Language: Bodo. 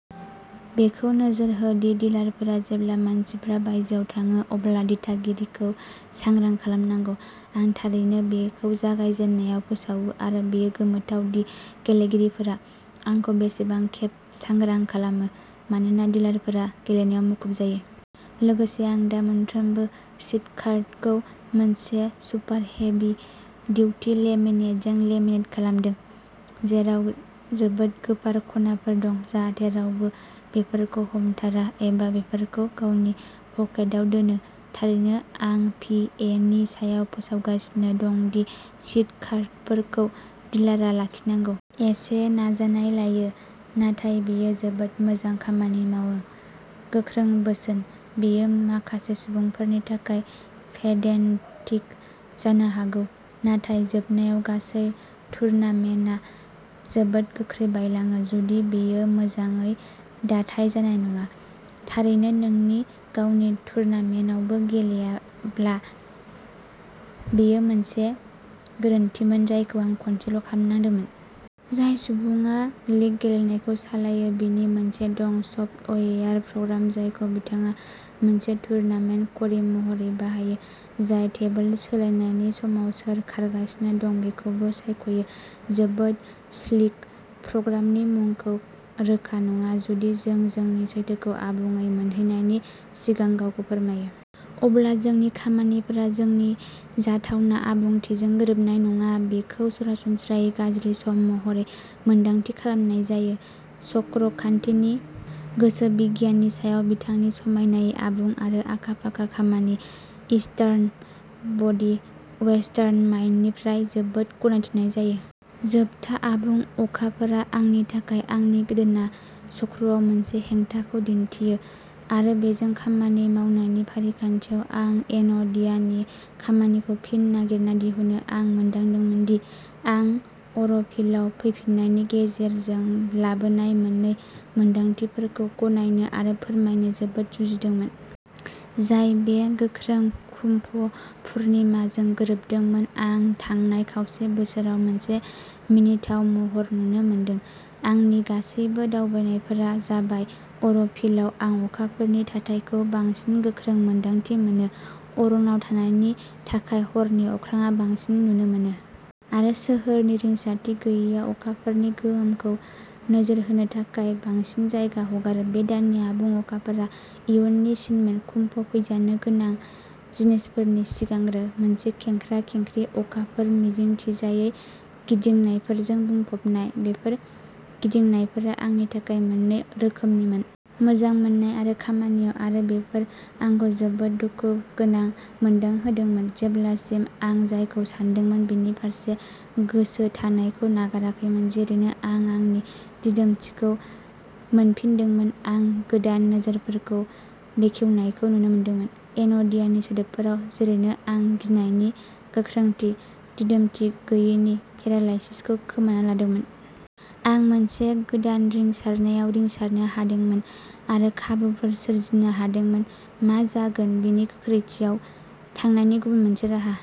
बेखौ नोजोर हो दि डिलारफोरा जेब्ला मानसिफ्रा बायजोआव थाङो अब्ला दिथागिरिखौ सांग्रां खालामनांगौ। आं थारैनो बेखौ जागायजेननायाव फोसावो आरो बेयो गोमोथाव दि गेलेगिरिफोरा आंखौ बेसेबां खेब सांग्रां खालामो मानोना डिलारफोरा गेलेनायाव मुखुब जायो। लोगोसे आं दा मोनफ्रोमबो सिट कार्डखौ मोनसे सुपार हेभि डिउटि लेमिनेटजों लेमिनेट खालामदों। जेराव जोबोद गोफार खनाफोर दं। जाहाथे रावबो बेफोरखौ हमथारा एबा बेफोरखौ गावनि पकेटाव दोनो। थारैनो आं पि ए नि सायाव फोसावगासिनो दं दि सिट कार्डफोरखौ डिलारआ लाखिनांगौ। एसे नाजानाय लायो। नाथाय बेयो जोबोद मोजां खामानि मावो। गोख्रों बोसोन। बेयो माखासे सुबुंफोरनि थाखाय पेडेन्टिक जानो हागौ नाथाय जोबनायाव गासै टुर्नामेन्टआ जोबोद गोख्रै बायलाङो जुदि बेयो मोजाङै दाथाइ जानाय नङा। थारैनो नोंनि गावनि टुर्नामेन्टआवबो गेलेयाब्ला बेयो मोनसे गोरोन्थिमोन जायखौ आं खनसेल' खालामनांदोंमोन। जाय सुबुङा लीग गेलेनायखौ सालायो। बिनि मोनसे दं। सफ्टवेयार प्रग्राम जायखौ बिथाङा मोनसे टुरनामेन्ट घरि महरै बाहायो। जाय टेबोल सोलायनायनि समाव सोर खारगासिनो दं बेखौबो सायख'यो। जोबोद स्लिक। प्रग्रामनि मुंखौ रोखा नङा। जुदि जों जोंनि सैथोखौ आबुङै मोनहैनायनि सिगां गावखौ फोरमायो। अब्ला जोंनि खामानिफोरा जोंनि जाथावना आबुंथिजों गोरोबनाय नङा। बेखौ सरासनस्रायै गाज्रि सम महरै मोन्दांथि खालामनाय जायो। चक्र खान्थिनि गोसोबिगियाननि सायाव बिथांनि समायनायै आबुं आरो आखा-फाखा खामानि इस्टार्न बडी, वेस्टार्न माइन्ड निफ्राय जोबोद गनायथिनाय जायो। जोबथा आबुं अखाफोरा आंनि थाखाय आंनि गोदोना चक्रआव मोनसे हेंथाखौ दिन्थियो आरो बेजों खामानि मावनायनि फारिखान्थियाव आं एन'डियानि खामानिखौ फिन नागिरना दिहुनो। आं मोनदांदोंमोन दि आं अर'भिलआव फैफिननायनि गेजेरजों लाबोनाय मोननै मोनदांथिफोरखौ गनायनो आरो फोरमायनो जोबोद जुजिदोंमोन। जाय बे गोख्रों कुम्भ पुर्णिमाजों गोरोबदोंमोन। आं थांनाय खावसे बोसोराव मोनसे मिनिथाव महर नुनो मोनदों। आंनि गासैबो दावबायनायफोरा जाबाय। अर'भिलआव आं अखाफोरनि थाथायखौ बांसिन गोख्रों मोन्दांथि मोनो। अरनाव थानायनि थाखाय हरनि अख्राङा बांसिन नुनो मोनो। आरो सोहोरनि रिंसारथि गैयैआ अखाफोरनि गोहोमखौ नोजोर होनो थाखाय बांसिन जायगा हगारो। बे दाननि आबुं अखाफोरा इयुननि सिनमोन। कुम्भ फैजानो गोनां जिनिसफोरनि सिगांग्रो। मोनसे खेंख्रा-खेंख्रि अखाफोर मिजिंथिजायै गिदिंनायफोरजों बुंफबनाय। बेफोर गिदिंनायफोरा आंनि थाखाय मोननै रोखोमनिमोन। मोजां मोननाय आरो खामानियाव। आरो बेफोर आंखौ जोबोद दुखुगोनां मोनदांहोदोंमोन जेब्लासिम आं जायखौ सानदोंमोन बिनि फारसे गोसो थानायखौ नागाराखैमोन। जेरैनो आं आंनि दिदोमथिखौ मोनफिनदोंमोन। आं गोदान नोजोरफोरखौ बेखेवनायखौ नुनो मोनदोंमोन। एन'डियानि सोदोबफोराव, जेरैनो आं गिनायनि गोख्रोंथि दिदोमथि गैयैनि पेरालाइसिसखौ खोमाना लादोंमोन। आं मोनसे गोदान रिंसारनायाव रिंसारनो हादोंमोन। आरो खाबुफोर सोरजिनो हादोंमोन। मा जागोन बिनि गोख्रैथियाव थांनायनि गुबुन मोनसे राहा।